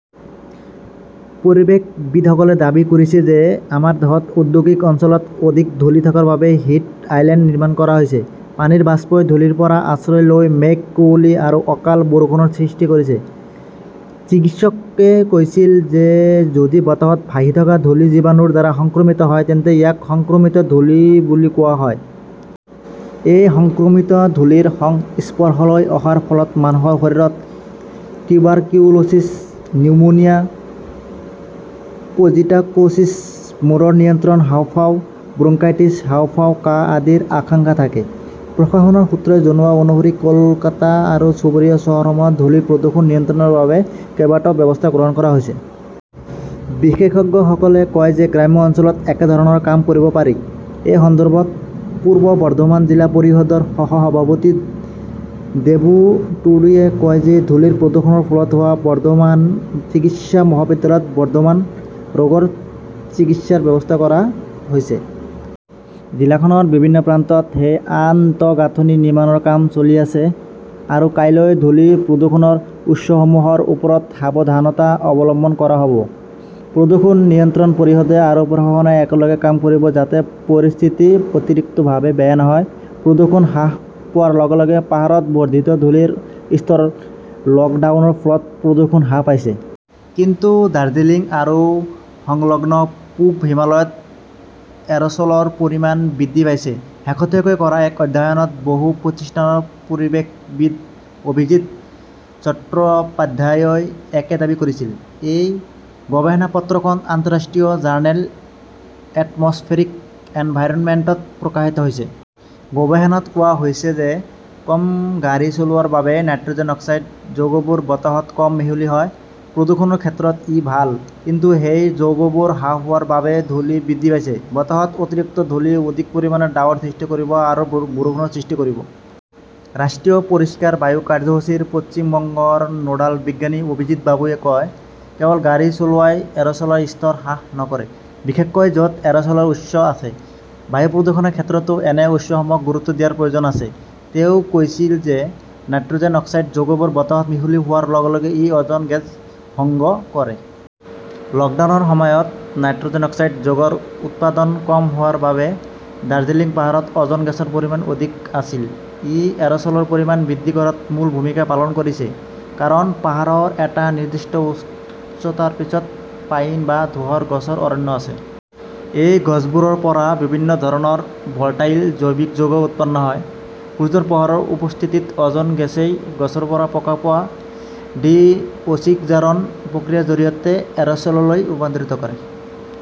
পৰিৱেশবিদসকলে দাবী কৰিছে যে আমাৰ দেশত ঔদ্যোগিক অঞ্চলত অধিক ধূলি থকাৰ বাবে 'হিট আইলেণ্ড নিৰ্মাণ কৰা হৈছে। পানীৰ বাষ্পই ধূলিৰ পৰা আশ্ৰয় লৈ মেঘ, কুঁৱলী আৰু অকাল বৰষুণৰ সৃষ্টি কৰিছে। চিকিৎসকে কৈছিল যে যদি বতাহত ভাহি থকা ধূলি জীৱাণুৰ দ্বাৰা সংক্ৰমিত হয় তেন্তে ইয়াক সংক্ৰমিত ধূলি বুলি কোৱা হয়। এই সংক্ৰমিত ধূলিৰ সংস্পৰ্শলৈ অহাৰ ফলত মানুহৰ শৰীৰত টিউবাৰকিউলোচিছ, নিউমোনিয়া, পজিটাকোচিছ, মূৰৰ নিয়ন্ত্ৰণ, হাঁওফাঁও, ব্ৰংকাইটিছ, হাঁওফাঁও, কাহ আদিৰ আশংকা থাকে। প্ৰশাসনৰ সূত্ৰই জনোৱা অনুসৰি কলকাতা আৰু চুবুৰীয়া চহৰসমূহত ধূলি প্ৰদূষণ নিয়ন্ত্ৰণৰ বাবে কেইবাটাও ব্যৱস্থা গ্ৰহণ কৰা হৈছে। বিশেষজ্ঞসকলে কয় যে গ্ৰাম্য অঞ্চলত একেধৰণৰ কাম কৰিব পাৰি। এই সন্দৰ্ভত পূব বৰ্ধমান জিলা পৰিষদৰ সহ-সভাপতি দেবু টুডুৱে কয় যে ধূলিৰ প্ৰদূষণৰ ফলত হোৱা বৰ্ধমান চিকিৎসা মহাবিদ্যালয়ত বৰ্ধমান ৰোগৰ চিকিৎসাৰ ব্যৱস্থা কৰা হৈছে। জিলাখনৰ বিভিন্ন প্ৰান্তত সেই আন্তঃগাঁথনি নিৰ্মাণৰ কাম চলি আছে। আৰু কাইলৈ ধূলি প্ৰদূষণৰ উৎসসমূহৰ ওপৰত সাৱধানতা অৱলম্বন কৰা হব। প্ৰদূষণ নিয়ন্ত্ৰণ পৰিষদে আৰু প্ৰশাসনে একেলগে কাম কৰিব যাতে পৰিস্থিতি অতিৰিক্তভাৱে বেয়া নহয়। প্ৰদূষণ হ্ৰাস পোৱাৰ লগে-লগে পাহাৰত বৰ্ধিত ধূলিৰ স্তৰ লকডাউনৰ ফলত প্ৰদূষণ হ্ৰাস পাইছে। কিন্তু ডাৰ্জিলিং আৰু সংলগ্ন পূব হিমালয়ত এৰছ ল ৰ পৰিমাণ বৃদ্ধি পাইছে। শেহতীয়াকৈ কৰা এক অধ্যয়নত বসু প্ৰতিষ্ঠানৰ পৰিৱেশবিদ অভিজিৎ চট্টোপাধ্যায়ই একে দাবী কৰিছিল। এই গৱেষণা পত্ৰখন আন্তঃৰাষ্ট্ৰীয় জাৰ্নেল এটমছফেৰিক এনভাইৰনমেণ্টত প্ৰকাশিত হৈছে। গৱেষণাত কোৱা হৈছে যে কম গাড়ী চলোৱাৰ বাবে নাইট্ৰজেন অক্সাইড যৌগবোৰ বতাহত কম মিহলি হয়। প্ৰদূষণৰ ক্ষেত্ৰত ই ভাল। কিন্তু সেই যৌগবোৰ হ্ৰাস হোৱাৰ বাবেই ধূলি বৃদ্ধি পাইছে। বতাহত অতিৰিক্ত ধূলি অধিক পৰিমাণৰ ডাৱৰ সৃষ্টি কৰিব আৰু বৰষুণৰ সৃষ্টি কৰিব। ৰাষ্ট্ৰীয় পৰিষ্কাৰ বায়ু কাৰ্যসূচীৰ পশ্চিম বংগৰ নোডাল বিজ্ঞানী অভিজিৎ বাবুৱে কয়, কেৱল গাড়ী চলোৱাই এৰছলৰ স্তৰ হ্ৰাস নকৰে, বিশেষকৈ যত এৰছলৰ উৎস আছে। বায়ু প্ৰদূষণৰ ক্ষেত্ৰতো এনে উৎসসমূহক গুৰুত্ব দিয়াৰ প্ৰয়োজন আছে। তেওঁ কৈছিল যে নাইট্ৰজেন অক্সাইড যৌগবোৰ বতাহত মিহলি হোৱাৰ লগে লগে ই অজন গেছ ভংগ কৰে। লকডাউনৰ সময়ত নাইট্ৰজেন অক্সাইড যৌগৰ উৎপাদন কম হোৱাৰ বাবে দাৰ্জিলিং পাহাৰত অজন গেছৰ পৰিমাণ অধিক আছিল। ই এৰছলৰ পৰিমাণ বৃদ্ধি কৰাত মূল ভূমিকা পালন কৰিছে। কাৰণ, পাহাৰৰ এটা নিৰ্দিষ্ট উচ্চতাৰ পিছত পাইন বা ধূসৰ গছৰ অৰণ্য আছে। এই গছবোৰৰ পৰা বিভিন্ন ধৰণৰ ভোল্টাইল জৈৱিক যৌগ উৎপন্ন হয়। সূৰ্যৰ পোহৰৰ উপস্থিতিত অজন গেছই গছৰ পৰা প্ৰকাশ পোৱা ভিঅচি-ক জাৰণ প্ৰক্ৰিয়াৰ জৰিয়তে এৰস্ললৈ ৰূপান্তৰিত কৰে।